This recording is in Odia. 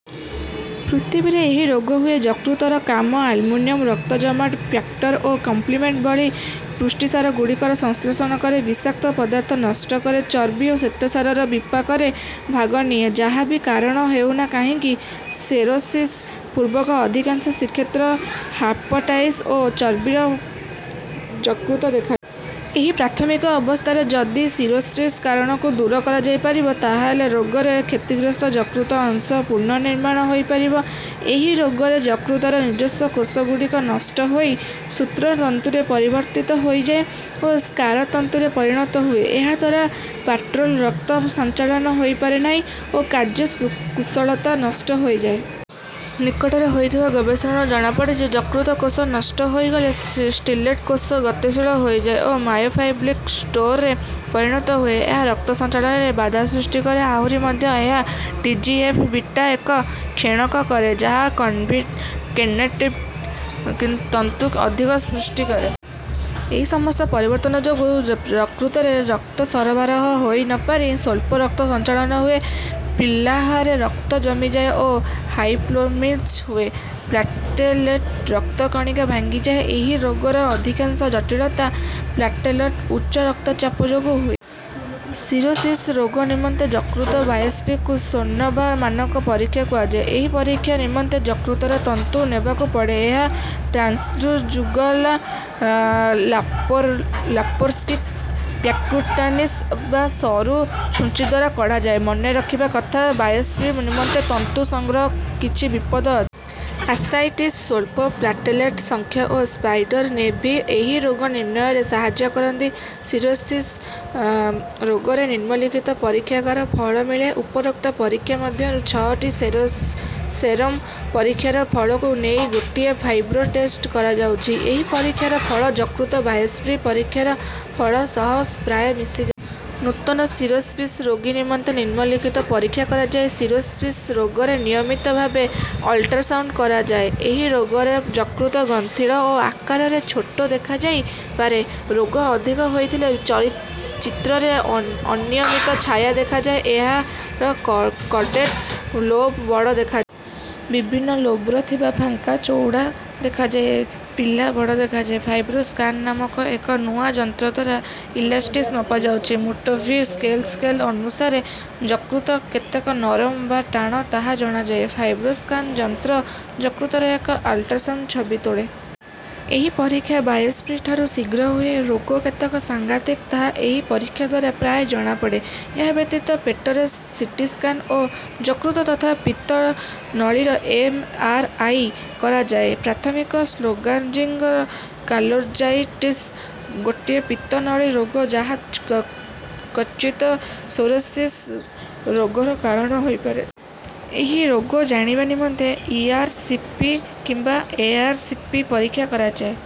ପୃଥିବୀରେ ଏହି ରୋଗ ହୁଏ। ଯକୃତର କାମ ଆଲ୍ବୁମିନ୍ ରକ୍ତ ଜମାଟ ଫ୍ୟାକ୍ଟର ଓ କମ୍ପ୍ଲିମେଣ୍ଟ ଭଳି ପୁଷ୍ଟିସାର ଗୁଡିକର ସଂଶ୍ଳେଷଣ କରେ। ବିଷାକ୍ତ ପଦାର୍ଥ ନଷ୍ଟ କରେ। ଚର୍ବି ଓ ଶ୍ୱେତସାରର ବିପାକରେ ଭାଗ ନିଏ। ଯାହା ବି କାରଣ ହେଉ ନା କାହିଁକି ସିରୋସିସ୍ ପୂର୍ବରୁ ଅଧିକାଂଶ କ୍ଷେତ୍ରରେ ହେପାଟାଇଟିସ୍ ଓ ଚର୍ବିଳ ଯକୃତ ଦେଖାଯାଏ। ଏହି ପ୍ରାଥମିକ ଅବସ୍ଥାରେ ଯଦି ସିରୋସିସ୍ର କାରଣକୁ ଦୂର କରାଯାଇପାରିବ ତାହାହେଲେ ରୋଗରେ କ୍ଷତିଗ୍ରସ୍ତ ଯକୃତ ଅଂଶ ପୁନଃନିର୍ମାଣ ହୋଇପାରିବ। ଏହି ରୋଗରେ ଯକୃତର ନିଜସ୍ୱ କୋଷ ଗୁଡିକ ନଷ୍ଟ ହୋଇ ସୂତ୍ର ତନ୍ତୁରେ ପରିବର୍ତ୍ତିତ ହୋଇଯାଏ ଓ ସ୍କାର ତନ୍ତୁରେ ପରିଣତ ହୁଏ। ଏହାଦ୍ୱାରା ପୋର୍ଟାଲ୍ ରକ୍ତ ସଞ୍ଚାଳନ ହୋଇପାରେ ନାହିଁ ଓ କାର୍ଯ୍ୟ କୁଶଳତା ନଷ୍ଟ ହୋଇଯାଏ। ନିକଟରେ ହୋଇଥିବା ଗବେଷଣାରୁ ଜଣା ପଡ଼ିଛି ଯକୃତ କୋଷ ନଷ୍ଟ ହୋଇଗଲେ ସ୍ଟିଲେଟ କୋଷ ଗତିଶୀଳ ହୋଇଯାଏ ଓ ମାୟୋଫାଇବ୍ରୋବ୍ଲାଷ୍ଟରେ ପରିଣତ ହୁଏ। ଏହା ରକ୍ତ ସଞ୍ଚାଳନରେ ବାଧା ସୃଷ୍ଟି କରେ। ଆହୁରି ମଧ୍ୟ ଏହା ଟି. ଜି. ଏଫ୍. ବିଟା ଏକ କ୍ଷରଣ କରେ ଯାହା କନେକ୍ଟିଭ୍ ତନ୍ତୁ ଅଧିକ ସୃଷ୍ଟି କରେ। ଏହି ସମସ୍ତ ପରିବର୍ତ୍ତନ ଯୋଗୁ ଯକୃତରେ ରକ୍ତ ସରବରାହ ହୋଇ ନ ପାରି ସ୍ୱଳ୍ପ ରକ୍ତ ସଞ୍ଚାଳନ ହୁଏ। ପ୍ଲିହାରେ ରକ୍ତ ଜମିଯାଏ ଓ ହାଇପର୍ସ୍ପ୍ଲେନିଜ୍ମ୍ ହୁଏ। ପ୍ଲାଟେଲେଟ ରକ୍ତ କଣିକା ଭାଙ୍ଗିଯାଏ। ଏହି ରୋଗର ଅଧିକାଂଶ ଜଟିଳତା ପୋର୍ଟାଲ ଉଚ୍ଚ ରକ୍ତ ଚାପ ଯୋଗୁ ହୁଏ। ସିରୋସିସ୍ ରୋଗ ନିମନ୍ତେ ଯକୃତ ବାୟୋପ୍ସିକୁ ସ୍ୱର୍ଣ୍ଣାଭ ମାନକ ପରିକ୍ଷା କୁହାଯାଏ। ଏହି ପରିକ୍ଷା ନିମନ୍ତେ ଯକୃତର ତନ୍ତୁ ନେବାକୁ ପଡେ। ଏହା ଟ୍ରାନ୍ସଜୁଗୁଲାର୍ଲାପାରୋସ୍କୋପି ପର୍କ୍ୟୁଟାନିଅସ୍ ବା ସରୁ ଛୁଞ୍ଚି ଦ୍ୱାର କଢାଯାଏ। ମନେ ରଖିବା କଥା ବାୟୋପ୍ସି ନିମନ୍ତେ ତନ୍ତୁ ସଂଗ୍ରହରେ କିଛି ବିପଦ ଅଛି। ଆସାଇଟିସ୍ ସ୍ୱଳ୍ପ ପ୍ଲାଟେଲେଟ ସଂଖ୍ୟା ଓ ସ୍ପାଇଡର ନେଭି ଏହି ରୋଗ ନିର୍ଣ୍ଣୟରେ ସାହାଯ୍ୟ କରନ୍ତି। ସିରୋସିସ୍ ରୋଗରେ ନିମ୍ନଲିଖିତ ପରୀକ୍ଷାଗାର ଫଳ ମିଳେ। ଉପରୋକ୍ତ ପରୀକ୍ଷା ମଧ୍ୟରୁ ଛଅଟି ସେରମ୍ ପରୀକ୍ଷାର ଫଳକୁ ନେଇ ଗୋଟିଏ ଫାଇବ୍ରୋ ଟେଷ୍ଟ କରାଯାଉଛି। ଏହି ପରୀକ୍ଷାର ଫଳ ଯକୃତ ବାୟୋପ୍ସି ପରୀକ୍ଷାର ଫଳ ସହ ପ୍ରାୟ ମିଶି ଯାଉଛି। ନୂତନ ସିରୋସିସ୍ ରୋଗୀ ନିମନ୍ତେ ନିମ୍ନ ଲିଖିତ ପରୀକ୍ଷା କରାଯାଏ। ସିରୋସିସ୍ ରୋଗରେ ନିୟମିତ ଭାବେ ଅଲ୍ଟ୍ରାସାଉଣ୍ଡ କରାଯାଏ। ଏହି ରୋଗରେ ଯକୃତ ଗ୍ରନ୍ଥିଳ ଓ ଆକାରରେ ଛୋଟ ଦେଖାଯାଇ ପାରେ। ରୋଗ ଅଧିକ ହୋଇଥିଲେ ଚିତ୍ରରେ ଅନିୟମିତ ଛାୟା ଦେଖାଦିଏ। ଏହାର କଡେଟ ଲୋବ୍ ବଡ ଦେଖାଯାଏ। ବିଭିନ୍ନ ଲୋବ୍ରେ ଥିବା ଫାଙ୍କ ଚଊଡା ଦେଖାଯାଏ। ପ୍ଲିହା ବଡ ଦେଖାଯାଏ। ଫାଇବ୍ରୋ ସ୍କାନ ନାମକ ଏକ ନୂଆ ଯନ୍ତ୍ରଦ୍ୱାରା ଇଲାସ୍ଟିସିଟି ମପାଯାଉଛି। ମେଟାଭିର ସ୍କେଲ ସ୍କେଲ୍ ଅନୁସାରେ ଯକୃତ କେତେ ନରମ ବା ଟାଣ ତାହା ଜଣାଯାଏ। ଫାଇବ୍ରୋ ସ୍କାନ ଯନ୍ତ୍ର ଯକୃତର ଏକ ଅଲ୍ଟ୍ରାସାଉଣ୍ଡ ଛବି ତୋଳେ। ଏହି ପରିକ୍ଷା ବାୟୋପ୍ସି ଠାରୁ ଶୀଘ୍ର ହୁଏ। ରୋଗ କେତେ ସଂଘାତିକ ତାହା ଏହି ପରୀକ୍ଷାଦ୍ୱାରା ପ୍ରାୟ ଜଣାପଡେ। ଏହା ବ୍ୟତିତ ପେଟର ସି. ଟି. ସ୍କାନ୍ ଓ ଯକୃତ ତଥା ପିତ୍ତ ନଳୀର ଏମ୍. ଆର୍. ଆଇ. କରାଯାଏ। ପ୍ରାଥମିକ ସ୍କ୍ଲେରୋଜିଙ୍ଗ କୋଲାଞ୍ଜାଇଟିସ୍ ଗୋଟିଏ ପିତ୍ତ ନଳୀ ରୋଗ ଯାହା କ୍ୱଚିତ ସୋରୋସିସ୍ ରୋଗର କାରଣ ହୋଇପାରେ। ଏହି ରୋଗ ଜାଣିବା ନିମନ୍ତେ ଇ. ଆର୍. ସି. ପି. କିମ୍ବା ଏମ୍. ଆର୍. ସି. ପି. ପରୀକ୍ଷା କରାଯାଏ